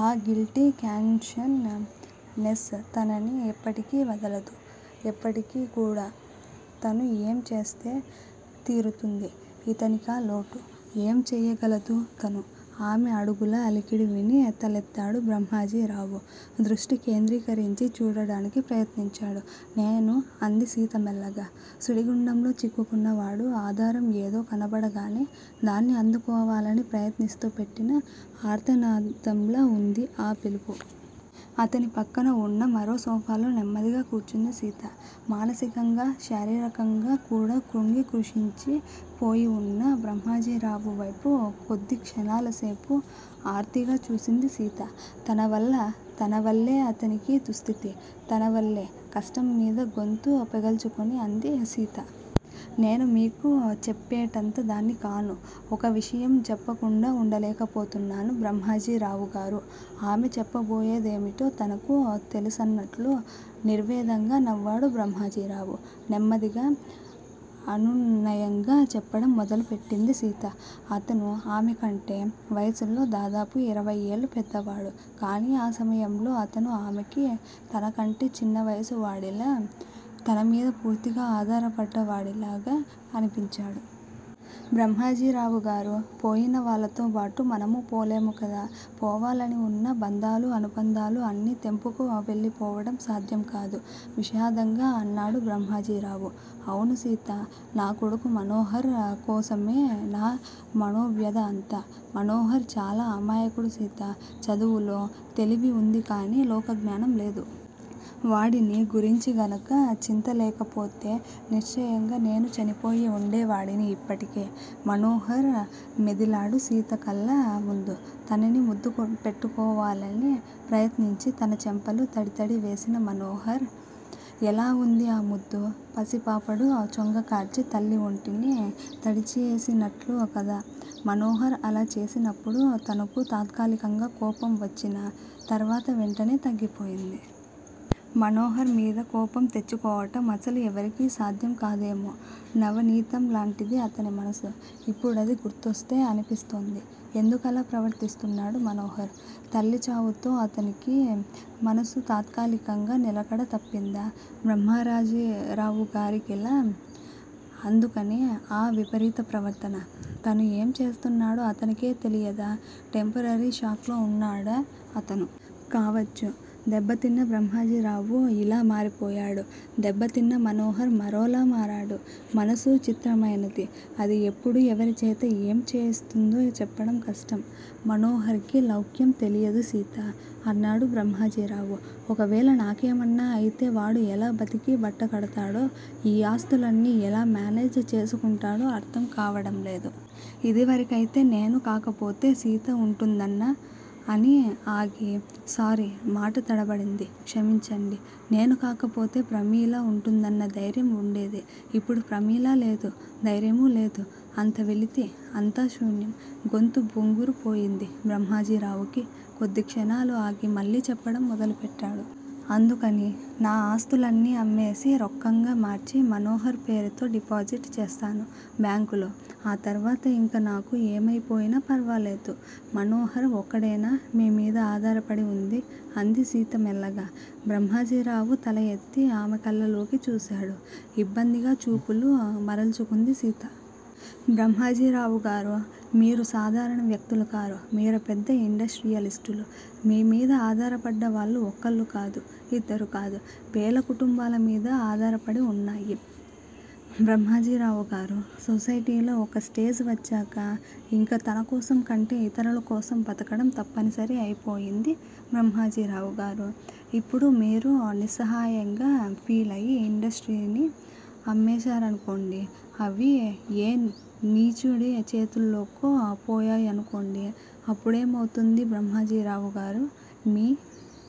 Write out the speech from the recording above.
ఆ guilty consciousness తనని ఎప్పటికీ వదలదు! ఎప్పటికీ కూడా! తను ఏం చేస్తే తీరుతుంది ఇతనికా లోటు. ఏం చెయ్యగలదుతను? ఆమె అడుగుల అలికిడి విని తలెత్తాడు బ్రహ్మాజీరావు. దృష్టి కేంద్రీకరించి చూడడానికి ప్రయత్నించాడు. నేను అంది సీత మెల్లగా. సుడిగుండంలో చిక్కుకున్న వాడు ఆధారం ఏదో కనబడగానే దాన్ని అందుకోవాలని ప్రయత్నిస్తూ పెట్టిన ఆర్తనాదంలా వుంది ఆ పిలుపు! అతని పక్కన వున్న మరో సోఫాలో నెమ్మదిగా కూర్చుంది సీత. మానసికంగా, శారీరకంగా కూడా క్రుంగి కృశించి పోయివున్న బ్రహ్మాజీరావు వైపు కొద్ది క్షణాల సేపు ఆర్తిగా చూసింది సీత. తన వల్ల తనవల్లే అతనికీ దుస్థితి! తనవల్లే! కష్టంమీద గొంతు పెగల్చుకుని అంది సీత. నేను మీకు చెప్పేటంతటిదాన్ని కాను. ఒక విషయం చెప్పకుండా ఉండలేకపోతున్నాను బ్రహ్మజీరావుగారూ! ఆమెచెప్పబోయేదేమిటో తనకు తెలుసన్నట్లు నిర్వేదంగా నవ్వాడు బ్రహ్మాజీరావు. నెమ్మదిగా, అనునయంగా చెప్పడం మొదలెట్టింది సీత. అతను ఆమెకంటే వయసులో దాదాపు ఇరవయ్యేళ్ళుపెద్దవాడు. కానీ, ఆ సమయంలో అతను ఆమెకి తనకంటే చిన్నవయసువాడిలాగా, తనమీద పూర్తిగా ఆధారపడ్డ వాడిలాగా అనిపించాడు. బ్రహ్మాజీరావుగారూ! పోయిన వాళ్ళతోబాటు మనమూ పోలేము కదా! పోవాలని ఉన్నా బంధాలూ, అనుబంధాలూ అన్నీ తెంపుకు వెళ్ళిపోవడం సాధ్యంకాదు విషాదంగా అన్నాడు బ్రహ్మాజీరావు. అవును సీతా! నా కొడుకు మనోహర్ కోసమే నా మనోవ్యధ అంతా! మనోహర్ చాలా అమాయకుడు సీతా! చదువులో తెలివి ఉందిగానీ, లోకజ్ఞానం లేదు. వాడిని గురించిగనక చింత లేకపోతే, నిశ్చయంగా నేను చనిపోయి ఉండే వాడిని ఇప్పటికే! మనోహర్ మెదిలాడు సీతకళ్ళ ముందు, తనని ముద్దుపెట్టుకోవాలని ప్రయత్నించి తన చెంపలు తడితడి వేసిన మనోహర్. ఎలా ఉంది ఆ ముద్దు? పసిపాపడు చొంగకార్చి తల్లి ఒంటిని తడిచేసినట్లుకదా? మనోహర్ అలా చేసినప్పుడు తనకు తాత్కాలికంగా కోపం వచ్చినా తర్వాత వెంటనే తగ్గిపోయింది. మనోహర్ మీదకోపం తెచ్చుకోవడం అసలు ఎవరికీ సాధ్యంకాదేమో! నవనీతంలాంటిది అతనిమనసు! ఇప్పుడది గుర్తొస్తే అనిపిస్తోంది. ఎందుకలా ప్రవర్తిస్తున్నాడు మనోహర్! తల్లిచావుతో అతనికీ మనసు తాత్కాలికంగా నిలకడతప్పిందా? బ్రహ్మాజీరావుకిలాగా? అందుకనే ఆ విపరీత ప్రవర్తన? తను ఏం చేస్తున్నాడో అతనికే తెలియదా? టెంపొరరీ షాక్ లో ఉన్నాడా అతను! కావచ్చు! దెబ్బతిన్న బ్రహ్మాజీరావు ఇలా మారిపోయాడు. దెబ్బతిన్న మనోహర్ మరోలా మారాడు. మనసు చిత్రమైనది. అది ఎప్పుడు ఎవరిచేత ఏం చేయిస్తుందో చెప్పడం కష్టం! మనోహర్ కి లౌక్యం తెలియదు సీతా? అన్నాడు బ్రహ్మాజీరావు. ఒకవేళ నాకేమన్నా అయితే వాడు ఎలా బతికి బట్టకడతాడో ఈ ఆస్తులన్నీ ఎలా మేనేజ్ చేసుకుంటాడో అర్ధంకావడంలేదు. ఇదివరకయితే నేను కాకపోతే సీత ఉంటుందన్న అని ఆగి, సారీ! మాట తడబడింది! క్షమించండి! నేను కాకపోతే ప్రమీల ఉంటుందన్న ధైర్యం ఉండేది. ఇప్పుడు ప్రమీలా లేదు. ధైర్యమూ లేదు. అంత వెలితి! అంతాశూన్యం! గొంతు బొంగురుపోయింది బ్రహ్మాజీరావుకి కొద్ది క్షణాలు ఆగి మళ్ళీ చెప్పడం మొదలెట్టాడు. అందుకని, నా ఆస్తులన్నీ అమ్మేసి, రొక్కంగా మార్చి, మనోహర్ పేరుతో డిపాజిట్ చేస్తాను బ్యాంకులో ఆ తర్వాత ఇంక నాకు ఏమయిపోయినా ఫర్వాలేదు. మనోహర్ ఒక్కడేనా మీమీద ఆధారపడి ఉంది? అంది సీత మెల్లిగా. బ్రహ్మాజీరావు తల ఎత్తి ఆమెకళ్ళలోకి చూసాడు. ఇబ్బందిగా చూపులు మరల్చుకుంది సీత. బ్రహ్మాజీరావుగారూ! మీరు సాధారణ వ్యక్తులుకారు! మీరు పెద్ద ఇండస్ట్రీయలిస్టులు మీమీద ఆధారపడ్డవాళ్ళు ఒకళ్ళు కాదు. ఇద్దరు కాదు. వేల కుటుంబాల మీద ఆధారపడి ఉన్నాయి. బ్రహ్మాజీరావుగారూ! సొసైటీలో ఒక స్టేజ్ వచ్చాక ఇంక తనకోసం కంటే ఇతరులకోసం బతకడం తప్పనిసరి అయిపోతుంది బ్రహ్మాజీరావుగారూ! ఇప్పుడు మీరు నిస్సహాయంగా ఫీలయి ఇండస్ట్రీస్ ని అమ్మేశారనుకోండి. అవి ఏ నీచుడిచేతుల్లోకో పోయాయనుకోండి. అప్పుడేమవుతుంది బ్రహ్మాజీరావుగారూ! మీ